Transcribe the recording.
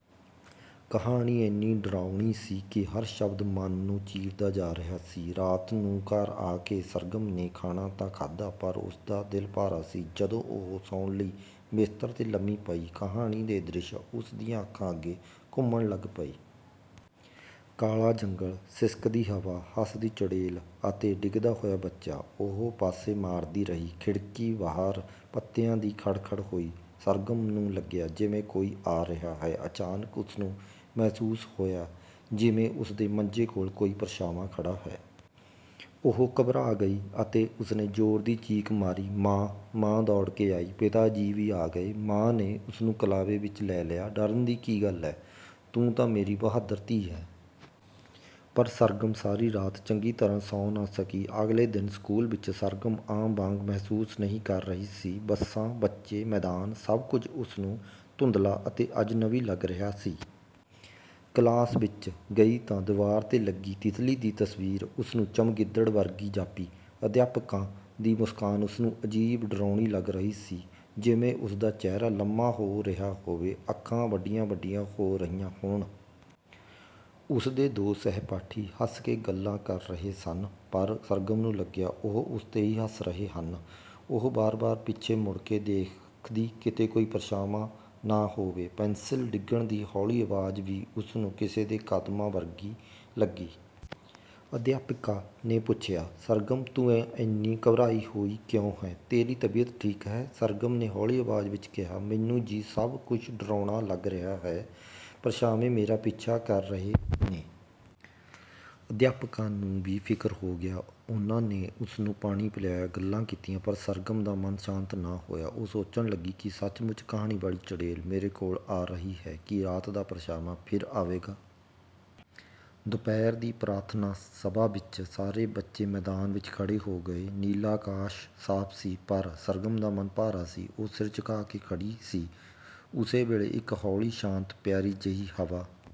ਕਹਾਣੀ ਐਨੀ ਡਰਾਉਣੀ ਸੀ ਕਿ ਹਰ ਸ਼ਬਦ ਮਨ ਨੂੰ ਚੀਰਦਾ ਜਾ ਰਿਹਾ ਸੀ। ਰਾਤ ਨੂੰ ਘਰ ਆ ਕੇ ਸਰਗਮ ਨੇ ਖਾਣਾ ਤਾਂ ਖਾਧਾ, ਪਰ ਉਸਦਾ ਦਿਲ ਭਾਰਾ ਸੀ। ਜਦੋਂ ਉਹ ਸੌਣ ਲਈ ਬਿਸਤਰ 'ਤੇ ਲੰਮੀ ਪਈ, ਕਹਾਣੀ ਦੇ ਦ੍ਰਿਸ਼ ਉਸ ਦੀਆਂ ਅੱਖਾਂ ਅੱਗੇ ਘੁੰਮਣ ਲੱਗ ਪਏ। ਕਾਲ਼ਾ ਜੰਗਲ਼, ਸਿਸਕਦੀ ਹਵਾ, ਹੱਸਦੀ ਚੁੜੇਲ ਅਤੇ ਡਿੱਗਦਾ ਹੋਇਆ ਬੱਚਾ। ਉਹ ਪਾਸੇ ਮਾਰਦੀ ਰਹੀ। ਖਿੜਕੀ ਬਾਹਰ ਪੱਤਿਆਂ ਦੀ ਖੜਖੜ ਹੋਈ। ਸਰਗਮ ਨੂੰ ਲੱਗਿਆ ਜਿਵੇਂ ਕੋਈ ਆ ਰਿਹਾ ਹੈ। ਅਚਾਨਕ ਉਸਨੂੰ ਮਹਿਸੂਸ ਹੋਇਆ ਜਿਵੇਂ ਉਸਦੇ ਮੰਜੇ ਕੋਲ਼ ਕੋਈ ਪਰਛਾਂਵਾਂ ਖੜ੍ਹਾ ਹੈ। ਉਹ ਘਬਰਾ ਗਈ ਅਤੇ ਉਸਨੇ ਜ਼ੋਰ ਦੀ ਚੀਕ ਮਾਰੀ "ਮਾਂ! " ਮਾਂ ਦੌੜ ਕੇ ਆਈ, ਪਿਤਾ ਜੀ ਵੀ ਆ ਗਏ। ਮਾਂ ਨੇ ਉਸਨੂੰ ਕਲ਼ਾਵੇ ਵਿੱਚ ਲੈ ਲਿਆ। "ਡਰਨ ਦੀ ਕੀ ਗੱਲ ਹੈ? ਤੂੰ ਤਾਂ ਮੇਰੀ ਬਹਾਦੁਰ ਧੀ ਹੈ।" ਪਰ ਸਰਗਮ ਸਾਰੀ ਰਾਤ ਚੰਗੀ ਤਰ੍ਹਾਂ ਸੌਂ ਨਾ ਸਕੀ। ਅਗਲੇ ਦਿਨ ਸਕੂਲ ਵਿੱਚ ਸਰਗਮ ਆਮ ਵਾਂਗ ਮਹਿਸੂਸ ਨਹੀਂ ਕਰ ਰਹੀ ਸੀ। ਬੱਸਾਂ, ਬੱਚੇ, ਮੈਦਾਨ ਸਭ ਕੁਝ ਉਸਨੂੰ ਧੁੰਦਲ਼ਾ ਤੇ ਅਜਨਬੀ ਲੱਗ ਰਿਹਾ ਸੀ। ਕਲਾਸ ਵਿੱਚ ਗਈ ਤਾਂ ਦੀਵਾਰ 'ਤੇ ਲੱਗੀ ਤਿਤਲੀ ਦੀ ਤਸਵੀਰ ਉਸਨੂੰ ਚਮਗਿੱਦੜ ਵਰਗੀ ਜਾਪੀ। ਅਧਿਆਪਕਾ ਦੀ ਮੁਸਕਾਨ ਉਸਨੂੰ ਅਜੀਬ ਡਰਾਉਣੀ ਲੱਗ ਰਹੀ ਸੀ ਜਿਵੇਂ ਉਸਦਾ ਚਿਹਰਾ ਲੰਮਾ ਹੋ ਰਿਹਾ ਹੋਵੇ, ਅੱਖਾਂ ਵੱਡੀਆਂ-ਵੱਡੀਆਂ ਹੋ ਰਹੀਆਂ ਹੋਣ। ਉਸਦੇ ਦੋ ਸਹਿਪਾਠੀ ਹੱਸ ਕੇ ਗੱਲਾਂ ਕਰ ਰਹੇ ਸਨ, ਪਰ ਸਰਗਮ ਨੂੰ ਲੱਗਿਆ ਉਹ ਉਸ 'ਤੇ ਹੀ ਹੱਸ ਰਹੇ ਹਨ। ਉਹ ਵਾਰ-ਵਾਰ ਪਿੱਛੇ ਮੁੜ ਕੇ ਵੇਖਦੀ ਕਿਤੇ ਕੋਈ ਪਰਛਾਵਾਂ ਨਾ ਹੋਵੇ। ਪੈਂਸਿਲ ਡਿੱਗਣ ਦੀ ਹੌਲ਼ੀ ਆਵਾਜ਼ ਵੀ ਉਸਨੂੰ ਕਿਸੇ ਦੇ ਕਦਮਾਂ ਵਰਗੀ ਲੱਗੀ। ਅਧਿਆਪਿਕਾ ਨੇ ਪੁੱਛਿਆ, "ਸਰਗਮ, ਤੂੰ ਇੰਨੀ ਘਬਰਾਈ ਹੋਈ ਕਿਉਂ ਹੈਂ, ਤੇਰੀ ਤਬੀਅਤ ਠੀਕ ਹੈ?" ਸਰਗਮ ਨੇ ਹੌਲ਼ੀ ਆਵਾਜ਼ ਵਿੱਚ ਕਿਹਾ, "ਮੈਨੂੰ ਜੀ ਸਭ ਕੁਝ ਡਰਾਉਣਾ ਲੱਗ ਰਿਹਾ ਹੈ, ਪਰਛਾਵੇਂ ਮੇਰਾ ਪਿੱਛਾ ਕਰ ਰਹੇ ਨੇ।" ਅਧਿਆਪਿਕਾ ਨੂੰ ਵੀ ਫਿਕਰ ਹੋ ਗਿਆ। ਉਹਨਾਂ ਨੇ ਉਸਨੂੰ ਪਾਣੀ ਪਿਲਾਇਆ, ਗੱਲਾਂ ਕੀਤੀਆਂ, ਪਰ ਸਰਗਮ ਦਾ ਮਨ ਸ਼ਾਂਤ ਨਾ ਹੋਇਆ। ਉਹ ਸੋਚਣ ਲੱਗੀ ਕੀ ਸੱਚਮੁੱਚ ਕਹਾਣੀ ਵਾਲ਼ੀ ਚੁੜੇਲ ਮੇਰੇ ਕੋਲ਼ ਆ ਰਹੀ ਹੈ, ਕੀ ਰਾਤ ਦਾ ਪਰਛਾਵਾਂ ਫਿਰ ਆਵੇਗਾ? ਦੁਪਹਿਰ ਦੀ ਪ੍ਰਾਰਥਨਾ ਸਭਾ ਵਿੱਚ ਸਾਰੇ ਬੱਚੇ ਮੈਦਾਨ ਵਿੱਚ ਖੜ੍ਹੇ ਹੋ ਗਏ। ਨੀਲਾ ਆਕਾਸ਼ ਸਾਫ ਸੀ, ਪਰ ਸਰਗਮ ਦਾ ਮਨ ਭਾਰਾ ਸੀ। ਉਹ ਸਿਰ ਝੁਕਾ ਕੇ ਖੜ੍ਹੀ ਸੀ। ਉਸੇ ਵੇਲ਼ੇ ਇਕ ਹੌਲ਼ੀ, ਸ਼ਾਂਤ, ਪਿਆਰੀ ਜਿਹੀ ਹਵਾ